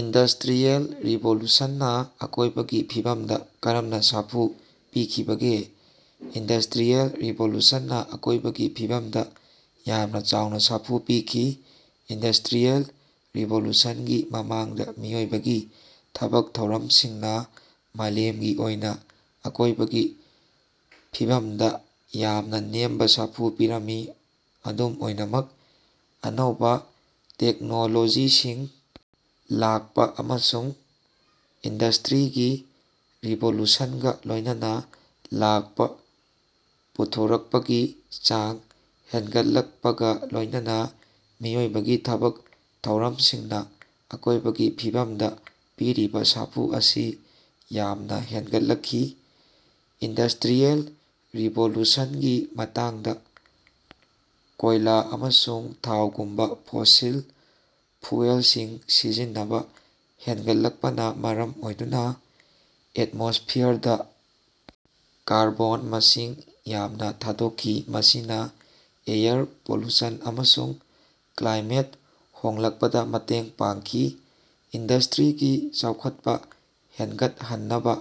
Industrial ꯔꯤꯚꯣꯂꯨꯁꯟꯅ ꯑꯀꯣꯢꯕꯒꯤ ꯐꯤꯕꯝꯗ ꯀꯔꯝꯅ ꯁꯥꯐꯨ ꯄꯤꯈꯤꯕꯒꯦ? ꯏꯟꯗꯁꯇ꯭ꯔꯤꯌꯦꯜ ꯔꯤꯚꯣꯂꯨꯁꯟꯅ ꯑꯀꯣꯢꯕꯒꯤ ꯐꯤꯕꯝꯗ ꯌꯥꯝꯅ ꯆꯥꯎꯅ ꯁꯥꯐꯨ ꯄꯤꯈꯤ꯫ ꯏꯟꯗꯁꯇ꯭ꯔꯤꯌꯦꯜ ꯔꯤꯚꯣꯂꯨꯁꯟꯒꯤ ꯃꯃꯥꯡꯗ ꯃꯤꯑꯣꯏꯕꯒꯤ ꯊꯕꯛ ꯊꯧꯔꯝꯁꯤꯡꯅ ꯃꯥꯂꯦꯝꯒꯤ ꯑꯣꯏꯅ ꯑꯀꯣꯏꯕꯒꯤ ꯐꯤꯕꯝꯗ ꯌꯥꯝꯅ ꯅꯦꯝꯕ ꯁꯥꯐꯨ ꯄꯤꯔꯝꯃꯤ꯫ ꯑꯗꯨꯝ ꯑꯣꯏꯅꯃꯛ ꯑꯅꯧꯕꯥ ꯇꯦꯛꯅꯣꯂꯣꯖꯤꯁꯤꯡ ꯂꯥꯛꯄ ꯑꯃꯁꯨꯡ ꯏꯟꯗꯁꯇ꯭ꯔꯤꯒꯤ ꯔꯤꯚꯣꯂꯨꯁꯟꯒ ꯂꯣꯏꯅꯅ ꯂꯥꯛꯄ ꯄꯨꯊꯣꯛꯄꯒꯤ ꯆꯥꯡ ꯍꯦꯟꯒꯠꯂꯛꯄꯒ ꯂꯣꯏꯅꯅꯥ ꯃꯤꯑꯣꯏꯕꯒꯤ ꯊꯕꯛ ꯊꯧꯔꯝꯁꯤꯡꯅ ꯑꯀꯣꯢꯕꯒꯤ ꯐꯤꯕꯝꯗ ꯄꯤꯔꯤꯕꯥ ꯁꯥꯐꯨ ꯑꯁꯤ ꯌꯥꯝꯅ ꯍꯦꯟꯒꯠꯂꯛꯈꯤ꯫ ꯏꯟꯗꯁꯇ꯭ꯔꯤꯌꯦꯜ ꯔꯤꯚꯣꯂꯨꯁꯟꯒꯤ ꯃꯇꯝꯗꯥ ꯀꯣꯢꯂꯥ ꯑꯃꯁꯨꯡ ꯊꯥꯎꯒꯨꯝꯕ ꯐꯣꯁꯤꯜ ꯐ꯭ꯌꯨꯑꯦꯜꯁꯤꯡ ꯁꯤꯖꯤꯟꯅꯕ ꯍꯦꯟꯒꯠꯂꯛꯄꯅ ꯃꯔꯝ ꯑꯣꯏꯗꯨꯅ ꯑꯦꯠꯃꯣꯁꯐꯤꯌꯔꯗ ꯀꯥꯔꯕꯣꯟ ꯃꯁꯤꯡ ꯌꯥꯝꯅ ꯊꯥꯗꯣꯛꯈꯤ ꯃꯁꯤꯅ ꯑꯦꯌꯔ ꯄꯣꯂꯨꯁꯟ ꯑꯃꯁꯨꯡ ꯀ꯭ꯂꯥꯏꯃꯦꯠ ꯍꯣꯡꯂꯛꯄꯗ ꯃꯇꯦꯡ ꯄꯥꯡꯈꯤ꯫ ꯏꯟꯗꯁꯇ꯭ꯔꯤꯒꯤ ꯆꯥꯎꯈꯠꯄ ꯍꯦꯟꯒꯠꯍꯟꯅꯕ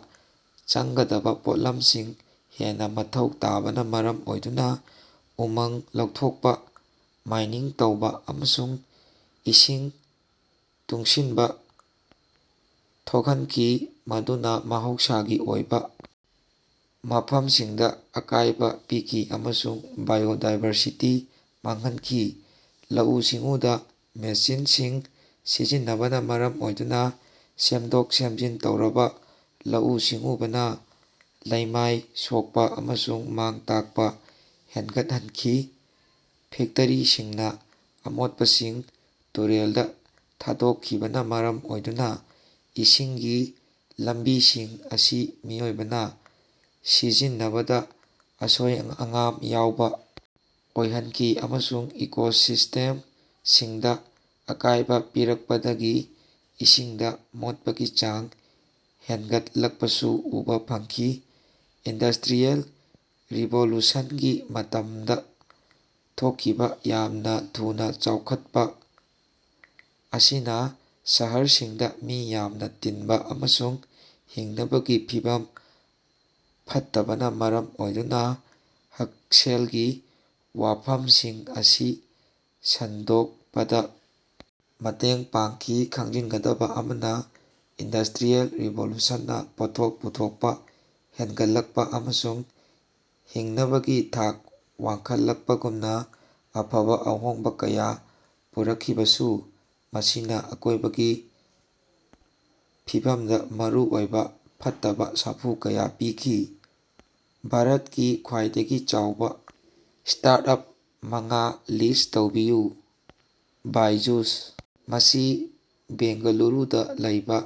ꯆꯪꯒꯗꯕ ꯄꯣꯠꯂꯝꯁꯤꯡ ꯍꯦꯟꯅ ꯃꯊꯧ ꯇꯥꯕꯅ ꯃꯔꯝ ꯑꯣꯏꯗꯨꯅ ꯎꯃꯪ ꯂꯧꯊꯣꯛꯄ ꯃꯥꯏꯅꯤꯡ ꯇꯧꯕꯥ ꯑꯃꯁꯨꯡ ꯏꯁꯤꯡ ꯇꯨꯡꯁꯤꯟꯕ ꯊꯣꯛꯍꯟꯈꯤ ꯃꯗꯨꯅ ꯃꯍꯧꯁꯥꯒꯤ ꯑꯣꯏꯕ ꯃꯐꯝꯁꯤꯡꯗ ꯑꯀꯥꯏꯕ ꯄꯤꯈꯤ ꯑꯃꯁꯨꯡ ꯕꯥꯏꯑꯣꯗꯥꯏꯕꯔꯁꯤꯇꯤ ꯃꯥꯡꯍꯟꯈꯤ꯫ ꯂꯧꯎ-ꯁꯤꯡꯎꯗ ꯃꯦꯁꯤꯟꯁꯤꯡ ꯁꯤꯖꯤꯟꯅꯕꯅ ꯃꯔꯝ ꯑꯣꯏꯗꯨꯅ ꯁꯦꯝꯗꯣꯛ ꯁꯦꯝꯖꯤꯟ ꯇꯧꯔꯕꯥ ꯂꯧꯎ-ꯁꯤꯡꯎꯕꯅ ꯂꯩꯃꯥꯏ ꯁꯣꯛꯄꯥ ꯑꯃꯁꯨꯡ ꯃꯥꯡ-ꯇꯥꯛꯄ ꯍꯦꯟꯒꯠꯍꯟꯈꯤ꯫ ꯐꯦꯛꯇꯔꯤꯁꯤꯡꯅ ꯑꯃꯣꯠꯄꯁꯤꯡ ꯇꯨꯔꯦꯜꯗ ꯊꯥꯗꯣꯛꯈꯤꯕꯅ ꯃꯔꯝ ꯑꯣꯏꯗꯨꯅ ꯏꯁꯤꯡꯒꯤ ꯂꯝꯕꯤꯁꯤꯡ ꯑꯁꯤ ꯃꯤꯑꯣꯏꯕꯅ ꯁꯤꯖꯤꯟꯅꯕꯗ ꯑꯁꯣꯏ-ꯑꯉꯥꯝ ꯌꯥꯎꯕ ꯑꯣꯏꯍꯟꯈꯤ ꯑꯃꯁꯨꯡ ꯏꯀꯣꯁꯤꯁꯇꯦꯝꯁꯤꯡꯗ ꯑꯀꯥꯢꯕ ꯄꯤꯔꯛꯄꯗꯒꯤ ꯏꯁꯤꯡꯗ ꯃꯣꯠꯄꯒꯤ ꯆꯥꯡ ꯍꯦꯅꯒꯠꯂꯛꯄꯁꯨ ꯎꯕꯥ ꯐꯪꯈꯤ꯫ ꯏꯟꯗꯁꯇ꯭ꯔꯤꯌꯦꯜ ꯔꯤꯚꯣꯂꯨꯁꯟꯒꯤ ꯃꯇꯝꯗ ꯊꯣꯛꯈꯤꯕ ꯌꯥꯝꯅ ꯊꯨꯅꯥ ꯆꯥꯎꯈꯠꯄ ꯑꯁꯤꯅ ꯁꯍꯔꯁꯤꯡꯗ ꯃꯤ ꯌꯥꯝꯅ ꯇꯤꯟꯕ ꯑꯃꯁꯨꯡ ꯍꯤꯡꯅꯕꯒꯤ ꯐꯤꯚꯝ ꯐꯠꯇꯕꯅ ꯃꯔꯝ ꯑꯣꯏꯗꯨꯅ ꯍꯛꯁꯦꯜꯒꯤ ꯋꯥꯐꯝꯁꯤꯡ ꯑꯃꯁꯨꯡ ꯁꯟꯗꯣꯛꯄꯗ ꯃꯇꯦꯡ ꯄꯥꯡꯈꯤ꯫ ꯈꯪꯖꯤꯟꯒꯗꯕ ꯑꯃꯅ ꯏꯟꯗꯁꯇ꯭ꯔꯤꯌꯦꯜ ꯔꯤꯚꯣꯂꯨꯁꯟꯅ ꯄꯣꯠꯊꯣꯛ ꯄꯨꯊꯣꯛꯄ ꯍꯦꯟꯒꯠꯂꯛꯄ ꯑꯃꯁꯨꯡ ꯍꯤꯡꯅꯕꯒꯤ ꯊꯥꯛ ꯋꯥꯡꯈꯠꯂꯛꯄꯒꯨꯝꯕ ꯑꯐꯕ ꯑꯍꯣꯡꯕ ꯀꯌꯥ ꯄꯨꯔꯛꯈꯤꯕꯁꯨ ꯃꯁꯤꯅ ꯑꯀꯣꯏꯕꯒꯤ ꯐꯤꯕꯝꯗ ꯃꯔꯨꯑꯣꯏꯕ ꯐꯠꯇꯕ ꯁꯥꯐꯨ ꯀꯌꯥ ꯄꯤꯈꯤ꯫ ꯚꯥꯔꯇꯀꯤ ꯈ꯭ꯋꯥꯏꯗꯒꯤ ꯆꯥꯎꯕ ꯁ꯭ꯇꯥꯔꯠꯑꯞ ꯃꯉꯥ ꯂꯤꯁ꯭ꯠ ꯇꯧꯕꯤꯌꯨ꯫ ꯕꯥꯏꯖꯨꯁ- ꯃꯁꯤ ꯕꯦꯡꯒꯂꯨꯔꯨꯗ ꯂꯩꯕꯥ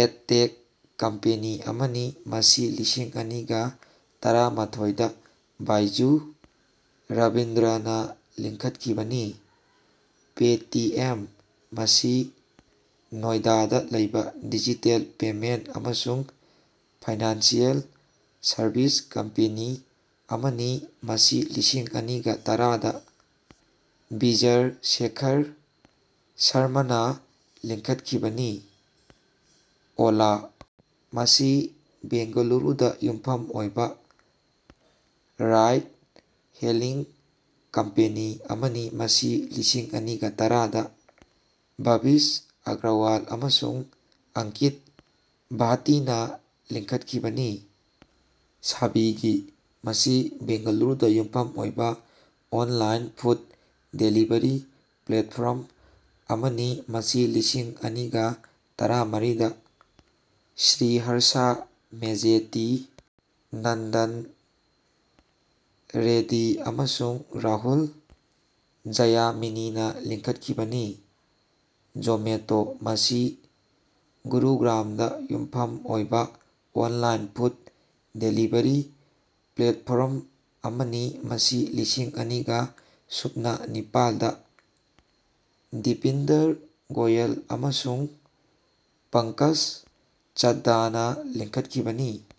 ꯑꯦꯗꯇꯦꯛ ꯀꯝꯄꯦꯅꯤ ꯑꯃꯅꯤ ꯃꯁꯤ ꯂꯤꯁꯤꯡ ꯑꯅꯤꯒ ꯇꯔꯥꯃꯊꯣꯏꯗ ꯕꯥꯏꯖꯨ ꯔꯕꯤꯟꯗ꯭ꯔꯅꯥ ꯂꯤꯡꯈꯠꯈꯤꯕꯅꯤ꯫ ꯄꯦꯇꯤꯑꯦꯝ- ꯃꯁꯤ ꯅꯣꯏꯗꯥꯗ ꯂꯩꯕꯥ ꯗꯤꯖꯤꯇꯦꯜ ꯄꯦꯃꯦꯟꯠ ꯑꯃꯁꯨꯡ ꯐꯥꯏꯅꯥꯟꯁꯤꯑꯦꯜ ꯁꯔꯕꯤꯁ ꯀꯝꯄꯦꯅꯤ ꯑꯃꯅꯤ ꯃꯁꯤ ꯂꯤꯁꯤꯡ ꯑꯅꯤꯒ ꯇꯔꯥꯗ ꯕꯤꯖꯌ ꯁꯦꯈꯔ ꯁꯔꯃꯥꯅ ꯂꯤꯡꯈꯠꯈꯤꯕꯅꯤ꯫ ꯑꯣꯂꯥ- ꯃꯁꯤ ꯕꯦꯡꯒꯂꯨꯔꯨꯗꯥ ꯌꯨꯝꯐꯝ ꯑꯣꯏꯕꯥ ꯔꯥꯏꯗ-ꯍꯦꯂꯤꯡ ꯀꯝꯄꯦꯅꯤ ꯑꯃꯅꯤ ꯃꯁꯤ ꯂꯤꯁꯤꯡ ꯑꯅꯤꯒ ꯇꯔꯥꯗ ꯚꯕꯤꯁ ꯑꯒꯔꯋꯥꯜ ꯑꯃꯁꯨꯡ ꯑꯪꯀꯤꯠ ꯚꯥꯇꯤꯅ ꯂꯤꯡꯈꯠꯈꯤꯕꯅꯤ꯫ ꯁ꯭ꯕꯤꯒꯤ- ꯃꯁꯤ ꯕꯦꯡꯒꯂꯨꯔꯨꯗꯥ ꯌꯨꯝꯐꯝ ꯑꯣꯏꯕ ꯑꯣꯅꯂꯥꯏꯟ ꯐꯨꯗ ꯗꯦꯂꯤꯕꯔꯤ ꯄ꯭ꯂꯦꯠꯐꯣꯔꯝ ꯑꯃꯅꯤ ꯃꯁꯤ ꯂꯤꯁꯤꯡ ꯑꯅꯤꯒ ꯇꯔꯥꯃꯔꯤꯗ ꯁ꯭ꯔꯤꯍꯔꯁꯥ ꯃꯦꯖꯦꯇꯤ ꯅꯟꯗꯟ ꯔꯦꯗ꯭ꯗꯤ ꯑꯃꯁꯨꯡ ꯔꯥꯍꯨꯜ ꯖꯌꯃꯤꯅꯤꯅꯥ ꯂꯤꯡꯈꯠꯈꯤꯕꯅꯤ꯫ ꯖꯣꯃꯦꯇꯣ- ꯃꯁꯤ ꯒꯨꯔꯨꯒ꯭ꯔꯥꯝꯗ ꯌꯨꯝꯐꯝ ꯑꯣꯏꯕ ꯑꯣꯟꯂꯥꯏꯟ ꯐꯨꯗ ꯗꯦꯂꯤꯕꯔꯤ ꯄ꯭ꯂꯦꯠꯐꯣꯔꯝ ꯑꯃꯅꯤ ꯃꯁꯤ ꯂꯤꯁꯤꯡ ꯑꯅꯤꯒ ꯁꯨꯞꯅ ꯅꯤꯄꯥꯜꯗ ꯗꯤꯄꯤꯟꯗꯔ ꯒꯣꯌꯜ ꯑꯃꯁꯨꯡ ꯄꯡꯀꯖ ꯆꯗꯗꯥꯅꯥ ꯂꯤꯡꯈꯠꯈꯤꯕꯅꯤ꯫